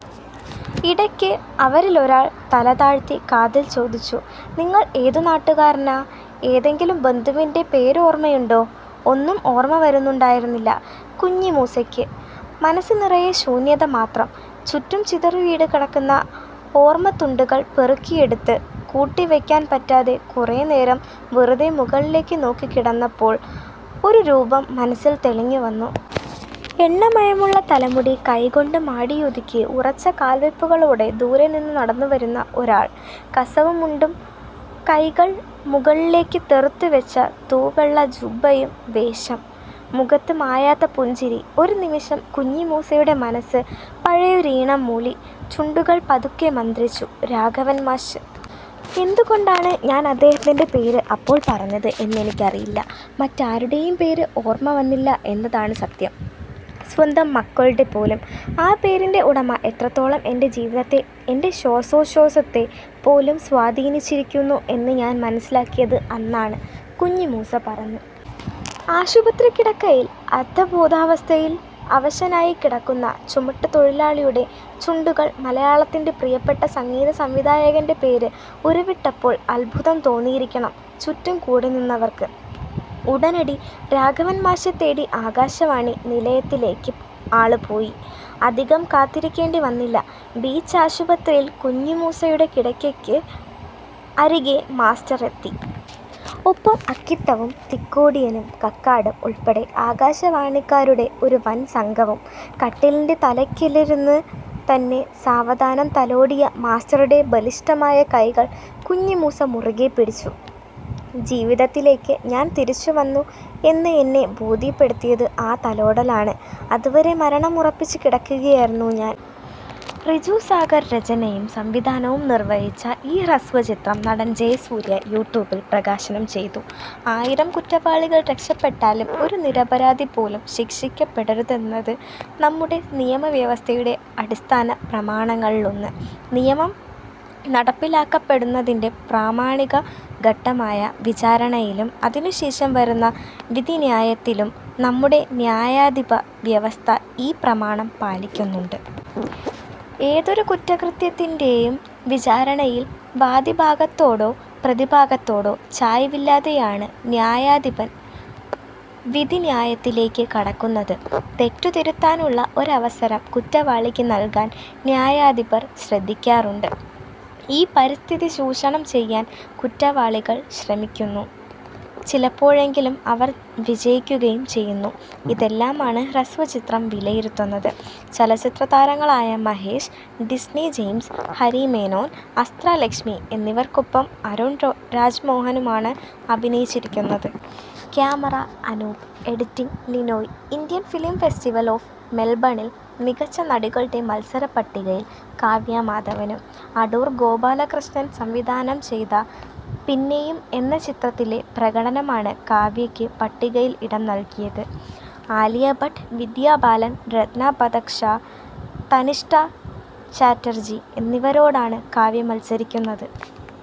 ഇടയ്ക്ക് അവരിൽ ഒരാൾ തലതാഴ്ത്തി കാതിൽ ചോദിച്ചു:''നിങ്ങൾ ഏതു നാട്ടുകാരനാ. ഏതെങ്കിലും ബന്ധുവിന്റെ പേര് ഓർമ്മയുണ്ടോ. '' ഒന്നും ഓർമ്മ വരുന്നുണ്ടായിരുന്നില്ല കുഞ്ഞിമൂസയ്ക്ക്. മനസ്സ് നിറയെ ശൂന്യത മാത്രം. ചുറ്റും ചിതറിവീണുകിടന്ന ഓർമ്മത്തുണ്ടുകൾ പെറുക്കിയെടുത്തു കൂട്ടിവെക്കാൻ പറ്റാതെ കുറെ നേരം വെറുതെ മുകളിലേക്ക് നോക്കിക്കിടന്നപ്പോൾ ഒരു രൂപം മനസ്സിൽ തെളിഞ്ഞുവന്നു. എണ്ണമയമുള്ള തലമുടി കൈകൊണ്ടു മാടിയൊതുക്കി ഉറച്ച കാല്വെപ്പുകളോടെ ദൂരെ നിന്ന് നടന്നു വരുന്ന ഒരാൾ. കസവു മുണ്ടും കൈകൾ മുകളിലേക്ക് തെറുത്തുവച്ച തൂവെള്ള ജൂബയും വേഷം. മുഖത്ത് മായാത്ത പുഞ്ചിരി. ഒരു നിമിഷം കുഞ്ഞിമൂസയുടെ മനസ്സ് പഴയൊരീണം മൂളി. ചുണ്ടുകൾ പതുക്കെ മന്ത്രിച്ചു രാഘവൻ മാഷ്. ''എന്ത് കൊണ്ടാണ് ഞാന് അദ്ദേഹത്തിന്റെ പേര് അപ്പോൾ പറഞ്ഞത് എന്നെനിക്കറിയില്ല. മറ്റാരുടെയും പേര് ഓർമ്മ വന്നില്ല എന്നതാണ് സത്യം സ്വന്തം മക്കളുടെ പോലും. ആ പേരിന്റെ ഉടമ എത്രത്തോളം എന്റെ ജീവിതത്തെ, എന്റെ ശ്വാസോഛ്വാസത്തെ പോലും സ്വാധീനിച്ചിരിക്കുന്നു എന്ന് ഞാൻ മനസ്സിലാക്കിയത് അന്നാണ്. '' കുഞ്ഞിമൂസ പറഞ്ഞു. ആശുപത്രിക്കിടക്കയിൽ അർദ്ധബോധാവസ്ഥയിൽ അവശനായി കിടക്കുന്ന ചുമട്ടു തൊഴിലാളിയുടെ ചുണ്ടുകൾ മലയാളത്തിന്റെ പ്രിയപ്പെട്ട സംഗീത സംവിധായകന്റെ പേര് ഉരുവിട്ടപ്പോൾ അത്ഭുതം തോന്നിയിരിക്കണം ചുറ്റും കൂടിനിന്നവർക്ക്. ഉടനടി രാഘവൻമാഷെ തേടി ആകാശവാണി നിലയത്തിലേക്ക് ആളു പോയി. അധികം കാത്തിരിക്കേണ്ടി വന്നില്ല. ബീച്ചാശുപത്രിയിൽ കുഞ്ഞിമൂസയുടെ കിടക്കയ്ക്ക് അരികെ മാസ്റ്റർ എത്തി. ഒപ്പം അക്കിത്തവും തിക്കോടിയനും കക്കാടും ഉൾപ്പെടെ ആകാശവാണിക്കാരുടെ ഒരു വൻ സംഘവും. കട്ടിലിന്റെ തലയ്ക്കലിരുന്നു തന്നെ സാവധാനം തലോടിയ മാസ്റ്ററുടെ ബലിഷ്ടമായ കൈകൾ കുഞ്ഞിമൂസ മുറുക്കെ പിടിച്ചു. ''ജീവിതത്തിലേക്ക് ഞാൻ തിരിച്ചു വന്നു എന്ന് എന്നെ ബോധ്യപ്പെടുത്തിയത് ആ തലോടലാണ്. അതുവരെ മരണം ഉറപ്പിച്ചു കിടക്കുകയായിരുന്നു ഞാൻ. റിജു സാഗർ രചനയും സംവിധാനവും നിര്വഹിച്ച ഈ ഹ്രസ്വചിത്രം നടൻ ജയസൂര്യ യൂട്യൂബിൽ പ്രകാശനം ചെയ്തു. ആയിരം കുറ്റവാളികൾ രക്ഷപ്പെട്ടാലും ഒരു നിരപരാധി പോലും ശിക്ഷിക്കപ്പെടരുതെന്നത് നമ്മുടെ നിയമ വ്യവസ്ഥയുടെ അടിസ്ഥാന പ്രമാണങ്ങളിലൊന്ന്. നിയമം നടപ്പിലാക്കപ്പെടുന്നതിന്റെ പ്രാമാണിക ഘട്ടമായ വിചാരണയിലും അതിനുശേഷം വരുന്ന വിധിന്യായത്തിലും നമ്മുടെ ന്യായാധിപ വ്യവസ്ഥ ഈ പ്രമാണം പാലിക്കുന്നുണ്ട്. ഏതൊരു കുറ്റകൃത്യത്തിന്റെയും വിചാരണയിൽ വാദിഭാഗത്തോടോ പ്രതിഭാഗത്തോടോ ചായ് വില്ലാതെയാണ് ന്യായാധിപൻ വിധിന്യായത്തിലേക്ക് കടക്കുന്നത്. തെറ്റ് തിരുത്താനുള്ള ഒരവസരം കുറ്റവാളിക്ക് നൽകാൻ ന്യായാധിപര് ശ്രദ്ധിക്കാറുണ്ട്. ഈ പരിതസ്ഥിതി ചൂഷണം ചെയ്യാന് കുറ്റവാളികൾ ശ്രമിക്കുന്നു. ചിലപ്പോഴെങ്കിലും അവർ വിജയിക്കുകയും ചെയ്യുന്നു. ഇതെല്ലാമാണ് ഹ്രസ്വചിത്രം വിലയിരുത്തുന്നത്. ചലച്ചിത്രതാരങ്ങളായ മഹേഷ്, ഡിസ്നി ജെയിംസ്, ഹരി മേനോൻ, അസ്ത്ര ലക്ഷ്മി, എന്നിവർക്കൊപ്പം Arun രാജ്മോഹനുമാണ് അഭിനയിച്ചിരിക്കുന്നത്. ക്യാമറ:അനൂപ്, എഡിറ്റിങ്:ലിനോയ്. Indian film festival of മെൽബണിൽ മികച്ച നടികളുടെ മത്സര പട്ടികയിൽ കാവ്യ മാധവനും. അടൂർ ഗോപാലകൃഷ്ണൻ സംവിധാനം ചെയ്ത പിന്നെയും എന്ന ചിത്രത്തിലെ പ്രകടനമാണ് കാവ്യയ്ക്ക് പട്ടികയിലൽഇടം നൽകിയത്. ആലിയ ഭട്ട്, വിദ്യാ ബാലൻ, റത്ന പഥക് ഷാ, തനിഷ്ഠ ചാറ്റർജി എന്നിവരോടാണ് കാവ്യ മത്സരിക്കുന്നത്.